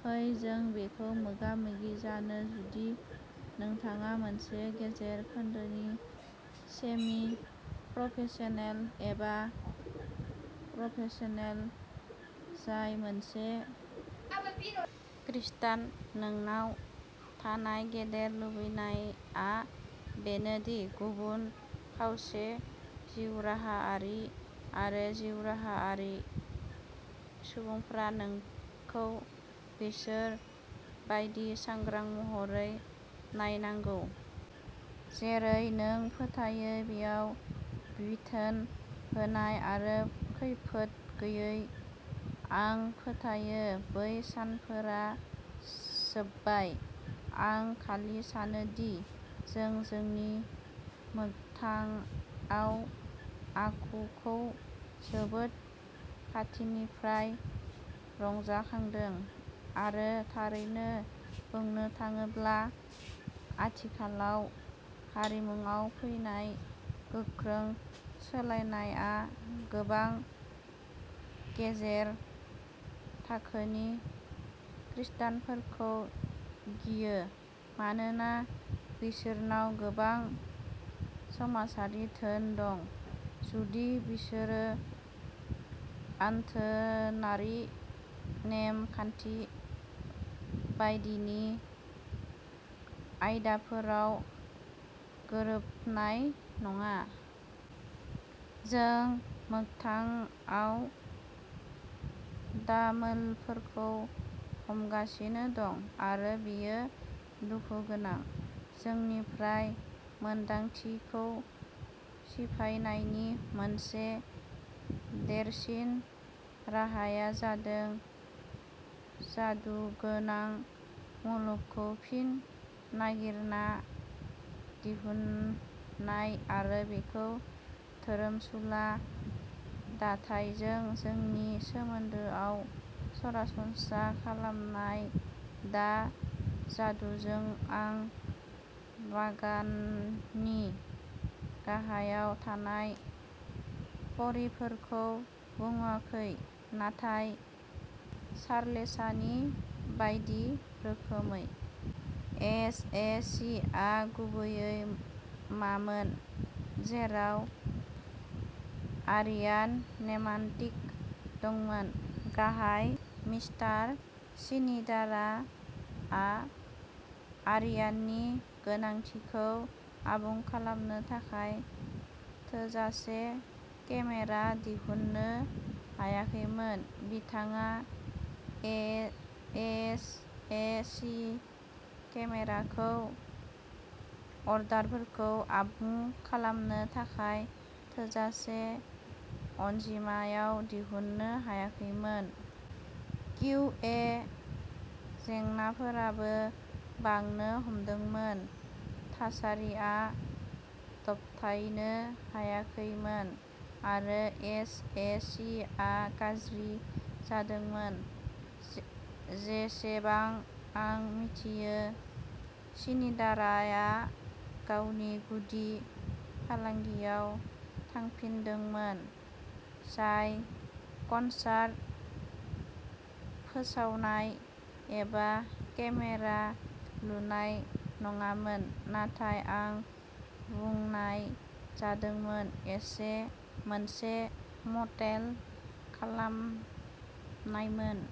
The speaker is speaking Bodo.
फै जों बेखौ मोगा-मोगि जानो, जुदि नोंथाङा मोनसे गेजेर थाखोनि सेमि-प्रफेसनेल एबा प्रफेसनेल जाय सासे खृस्टान, नोंनाव थानाय गेदेर लुबैनाया बेनो दि गुबुन खावसे-जिउराहायारि आरो जिउराहायारि सुबुंफोरा नोंखौ बिसोर बायदि सांग्रां महरै नायनांगौ। जेरै नों फोथायो बेयाव बिथोन होनाय आरो खैफोद गैयै। आं फोथायो बै सानफोरा जोबबाय। आं खालि सानो दि जों जोंनि गोमोथाव आखुखौ जोबोद खाथिनिफ्राय रंजाखांदों, आरो थारैनो बुंनो थाङोब्ला आथिखालाव हारिमुआव फैनाय गोख्रों सोलायनाया गोबां गेजेर थाखोनि खृस्टानफोरखौ गियो, मानोना बिसोरनाव गोबां समाजारि धोन दं, जुदि बिसोरो आथोनारि नेम खान्थि बायदिनि आयदाफोराव गोरोबनाय नङा। जों गोमोथाव दामोलफोरखौ हमगासिनो दं, आरो बेयो दुखु गोनां। जोंनिफ्राय मोनदांथिखौ सिफायनायनि मोनसे देरसिन राहाया जादों "जादुगोनां" मुलुगखौ फिन नागिरना दिहुननाय, आरो बेखौ धोरोमसुला दाथायजों जोंनि सोमोन्दोआव सरासनस्रा खालामनाय। दा जादुजों आं "बागाननि गाहायाव थानाय परीफोर" खौ बुङाखै, नाथाय चार्ल्सनि बायदि रोखोमै। एस. ए. सि. आ गुबैयै मामोन, जेराव अरियन नेमटेग दंमोन। हाय, मिस्टार स्नाइडारआ अरियननि गोनांथिखौ आबुं खालामनो थाखाय थोजासे केमेरा दिहुननो हायाखैमोन। बिथाङा एस. ए. सि. केमेराखौ अर्डारफोरखौ आबुं खालामनो थाखाय थोजासे अनजिमायाव दिहुननो हायाखैमोन। किउ. ए. जेंनाफोराबो बांनो हमदोंमोन। थासारिया दबथायनो हायाखैमोन आरो एस. ए. सि. आ गाज्रि जादोंमोन। जेसेबां आं मिथियो, स्नाइडारआ गावनि गुदि फालांगियाव थांफिनदोंमोन-जाय कनसार्ट फोसावनाय एबा केमेरा लुनाय नङामोन, नाथाय, आं बुंनाय जादोंमोन, मोनसे मटेल सामलायनायमोन।